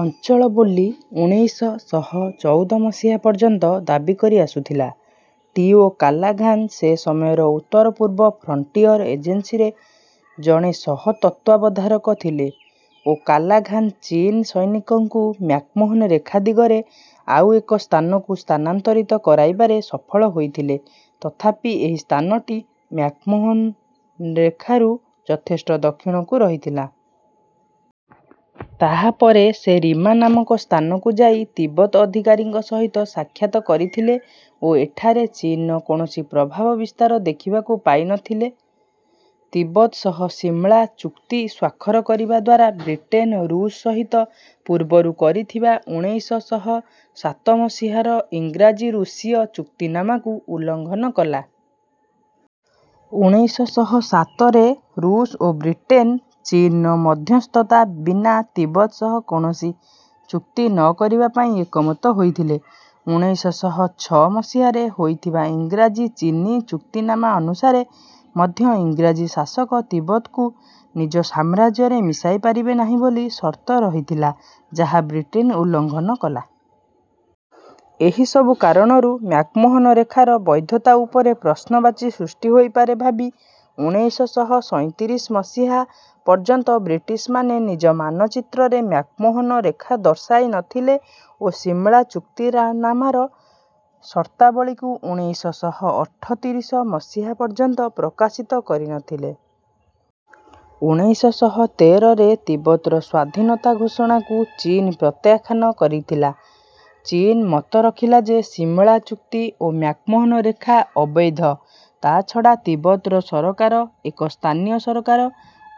ଅଞ୍ଚଳ ବୋଲି ଉଣେଇଶ ଶହ ଚଉଦ ମସିହା ପର୍ଯ୍ୟନ୍ତ ଦାବି କରି ଆସୁଥିଲା। ଟି. ଓ କାଲାଘାନ୍ ସେ ସମୟରେ ଉତ୍ତର-ପୂର୍ବ ଫ୍ରଣ୍ଟିୟର୍ ଏଜେନ୍ସିରେ ଜଣେ ସହ-ତତ୍ତ୍ୱାବଧାରକ ଥିଲେ। ଓ କାଲାଘାନ୍ ଚୀନ୍ ସୈନିକଙ୍କୁ ମ୍ୟାକ୍-ମୋହନ ରେଖା ଦିଗରେ ଆଉ ଏକ ସ୍ଥାନକୁ ସ୍ଥାନାନ୍ତରିତ କରାଇବାରେ ସଫଳ ହୋଇଥିଲେ ତଥାପି ଏହି ସ୍ଥାନଟି ମ୍ୟାକ୍ମୋ ହନ ରେଖାରୁ ଯଥେଷ୍ଟ ଦକ୍ଷିଣକୁ ରହିଥିଲା। ତାହାପରେ ସେ ରିମା ନାମକ ସ୍ଥାନକୁ ଯାଇ ତିବ୍ଦତ ଅଧିକାରୀଙ୍କ ସହିତ ସାକ୍ଷାତ କରିଥିଲେ ଓ ଏଠାରେ ଚୀନ୍‌ର କୌଣସି ପ୍ରଭାବ ବିସ୍ତାର ଦେଖିବାକୁ ପାଇ ନ ଥିଲେ। ତିବ୍ଦତ ସହ ସିମଳା ଚୁକ୍ତି ସ୍ୱାକ୍ଷର କରିବା ଦ୍ୱାରା ବ୍ରିଟେନ୍ ଋଷ୍ ସହିତ ପୂର୍ବରୁ କରିଥିବା ଉଣେଇଶ ଶହ ସାତ ମସିହାର ଇଂରାଜୀ-ଋଷୀୟ ଚୁକ୍ତିନାମାକୁ ଉଲ୍ଲଂଘନ କଲା। ଉଣେଇଶ ଶହ ସାତରେ ଋଷ୍ ଓ ବ୍ରିଟେନ୍ ଚୀନ୍‌ର ମଧ୍ୟସ୍ଥତା ବିନା ତିବ୍ଦତ ସହ କୌଣସି ଚୁକ୍ତି ନ କରିବା ପାଇଁ ଏକମତ ହୋଇଥିଲେ। ଉଣେଇଶ ଶହ ଛଅ ମସିହାରେ ହୋଇଥିବା ଇଂରାଜୀ-ଚୀନୀ ଚୁକ୍ତିନାମା ଅନୁସାରେ ମଧ୍ୟ ଇଂରାଜୀ ଶାସକ ତିବ୍ଦତକୁ ନିଜ ସାମ୍ରାଜ୍ୟରେ ମିଶାଇ ପାରିବେ ନାହିଁ ବୋଲି ସର୍ତ୍ତ ରହିଥିଲା ଯାହା ବ୍ରିଟେନ୍ ଉଲ୍ଲଂଘନ କଲା। ଏହି ସବୁ କାରଣରୁ ମ୍ୟାକ୍-ମୋହନ ରେଖାର ବୈଧତା ଉପରେ ପ୍ରଶ୍ନବାଚୀ ସୃଷ୍ଟି ହୋଇପାରେ ଭାବି ଉଣେଇଶ ଶହ ସଇଁତିରିଶ ମସିହା ପର୍ଯ୍ୟନ୍ତ ବ୍ରିଟିଶ୍‌ମାନେ ନିଜ ମାନଚିତ୍ରରେ ମ୍ୟାକ୍-ମୋହନ ରେଖା ଦର୍ଶାଇ ନ ଥିଲେ ଓ ସିମଳା ଚୁକ୍ତିନାମାର ସର୍ତ୍ତାବଳୀକୁ ଉଣେଇଶ ଶହ ଅଠତିରିଶ ମସିହା ପର୍ଯ୍ୟନ୍ତ ପ୍ରକାଶିତ କରି ନ ଥିଲେ। ଉଣେଇଶ ଶହ ତେରରେ ତିବ୍ଦତର ସ୍ୱାଧୀନତା ଘୋଷଣାକୁ ଚୀନ୍ ପ୍ରତ୍ୟାଖ୍ୟାନ କରିଥିଲା। ଚୀନ୍ ମତ ରଖିଲା ଯେ ସିମଳା ଚୁକ୍ତି ଓ ମ୍ୟାକ୍-ମୋହନ ରେଖା ଅବୈଧ, ତା’ଛଡ଼ା ତିବ୍ଦତର ସରକାର ଏକ ସ୍ଥାନୀୟ ସରକାର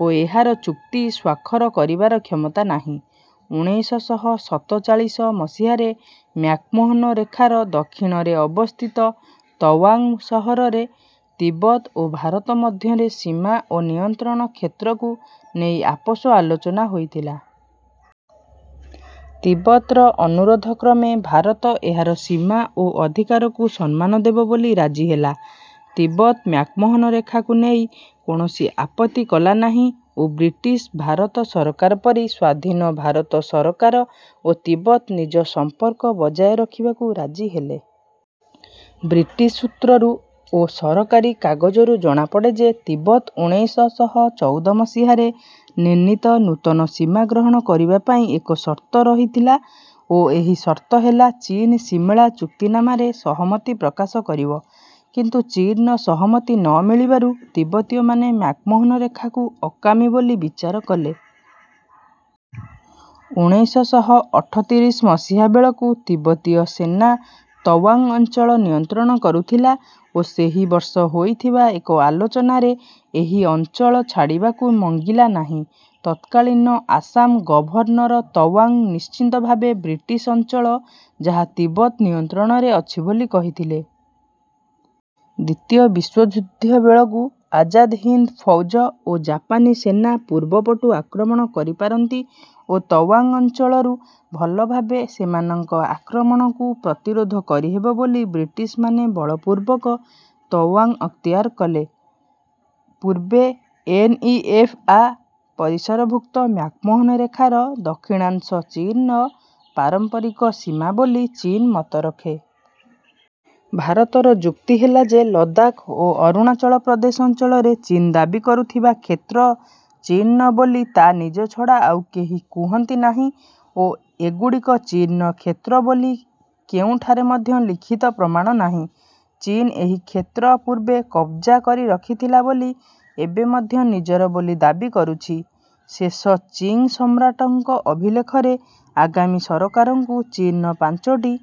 ଓ ଏହାର ଚୁକ୍ତି ସ୍ୱାକ୍ଷର କରିପାରିବାର କ୍ଷମତା ନାହିଁ। ଉଣେଇଶ ଶହ ସତଚାଳିଶ ମସିହାରେ ମ୍ୟାକ୍-ମୋହନ ରେଖାର ଦକ୍ଷିଣରେ ଅବସ୍ଥିତ ତୱାଙ୍ଗ୍ ସହରରେ ତିବ୍ଦତ ଓ ଭାରତ ମଧ୍ୟରେ ସୀମା ଓ ନିୟନ୍ତ୍ରଣ କ୍ଷେତ୍ରକୁ ନେଇ ଆପୋଷ ଆଲୋଚନା ହୋଇଥିଲା। ତିବ୍ଦତର ଅନୁରୋଧ କ୍ରମେ ଭାରତ ଏହାର ସୀମା ଓ ଅଧିକାରକୁ ସମ୍ମାନ ଦେବ ବୋଲି ରାଜି ହେଲା, ତିବ୍ଦତ ମ୍ୟାକ୍-ମୋହନ ରେଖାକୁ ନେଇ କୌଣସି ଆପତ୍ତି କଲା ନାହିଁ ଓ ବ୍ରିଟିଶ୍-ଭାରତ ସରକାର ପରି ସ୍ୱାଧୀନ ଭାରତ ସରକାର ଓ ତିବ୍ଦତ ନିଜ ସମ୍ପର୍କ ବଜାୟ ରଖିବାକୁ ରାଜି ହେଲେ। ବ୍ରିଟିଶ୍ ସୂତ୍ରରୁ ଓ ସରକାରୀ କାଗଜରୁ ଜଣାପଡ଼େ ଯେ ତିବ୍ଦତ ଉଣେଇଶ ଶହ ଚଉଦ ମସିହାରେ ନିର୍ଣ୍ଣୀତ ନୂତନ ସୀମା ଗ୍ରହଣ କରିବା ପାଇଁ ଏକ ସର୍ତ୍ତ ରହିଥିଲା ଓ ଏହି ସର୍ତ୍ତ ହେଲା ଚୀନ୍ ସିମଳା ଚୁକ୍ତିନାମାରେ ସହମତି ପ୍ରକାଶ କରିବ। କିନ୍ତୁ ଚୀନ୍‌ର ସହମତି ନ ମିଳିବାରୁ ତିବ୍ଦତୀୟମାନେ ମ୍ୟାକ୍-ମୋହନ ରେଖାକୁ ଅକାମୀ ବୋଲି ବିଚାର କଲେ। ଉଣେଇଶ ଶହ ଅଠତିରିଶ ମସିହା ବେଳକୁ ତିବ୍ଦତୀୟ ସେନା ତୱାଙ୍ଗ୍ ଅଞ୍ଚଳ ନିୟନ୍ତ୍ରଣ କରୁଥିଲା ଓ ସେହି ବର୍ଷ ହୋଇଥିବା ଏକ ଆଲୋଚନାରେ ଏହି ଅଞ୍ଚଳ ଛାଡ଼ିବାକୁ ମଙ୍ଗିଲା ନାହିଁ। ତତ୍କାଳୀନ ଆସାମ ଗଭର୍ଣ୍ଣର୍ ତୱାଙ୍ଗ୍ ନିଶ୍ଚିତ ଭାବେ ବ୍ରିଟିଶ୍ ଅଞ୍ଚଳ ଯାହା ତିବ୍ଦତ ନିୟନ୍ତ୍ରଣରେ ଅଛି ବୋଲି କହିଥିଲେ। ଦ୍ୱିତୀୟ ବିଶ୍ୱଯୁଦ୍ଧ ବେଳକୁ ଆଜାଦ୍ ହିନ୍ଦ୍ ଫୌଜ ଓ ଜାପାନୀ ସେନା ପୂର୍ବ ପଟୁ ଆକ୍ରମଣ କରିପାରନ୍ତି ଓ ତୱାଙ୍ଗ୍ ଅଞ୍ଚଳରୁ ଭଲ ଭାବେ ସେମାନଙ୍କ ଆକ୍ରମଣକୁ ପ୍ରତିରୋଧ କରିହେବ ବୋଲି ବ୍ରିଟିଶ୍‌ମାନେ ବଳପୂର୍ବକ ତୱାଙ୍ଗ୍ ଅକ୍ତିଆର କଲେ। ପୂର୍ବେ ଏନ ଇ ଏଫ୍ ଆ ପରିସରଭୁକ୍ତ ମ୍ୟାକ୍-ମୋହନ ରେଖାର ଦକ୍ଷିଣାଂଶ ଚୀନ୍‌ର ପାରମ୍ପରିକ ସୀମା ବୋଲି ଚୀନ୍ ମତ ରଖେ। ଭାରତର ଯୁକ୍ତି ହେଲା ଯେ ଲଦାଖ୍ ଓ ଅରୁଣାଚଳ ପ୍ରଦେଶ ଅଞ୍ଚଳରେ ଚୀନ୍ ଦାବି କରୁଥିବା କ୍ଷେତ୍ର ଚୀନ୍‌ର ବୋଲି ତା ନିଜ ଛଡ଼ା ଆଉ କେହି କୁହନ୍ତି ନାହିଁ ଓ ଏଗୁଡ଼ିକ ଚୀନ୍‌ର କ୍ଷେତ୍ର ବୋଲି କେଉଁଠାରେ ମଧ୍ୟ ଲିଖିତ ପ୍ରମାଣ ନାହିଁ। ଚୀନ୍ ଏହି କ୍ଷେତ୍ର ପୂର୍ବେ କବ୍‌ଜା କରି ରଖିଥିଲା ବୋଲି ଏବେ ମଧ୍ୟ ନିଜର ବୋଲି ଦାବି କରୁଛି। ଶେଷ ଚିଙ୍ଗ୍ ସମ୍ରାଟଙ୍କ ଅଭିଲେଖରେ ଆଗାମୀ ସରକାରଙ୍କୁ ଚୀନ୍‌ର ପାଞ୍ଚୋଟି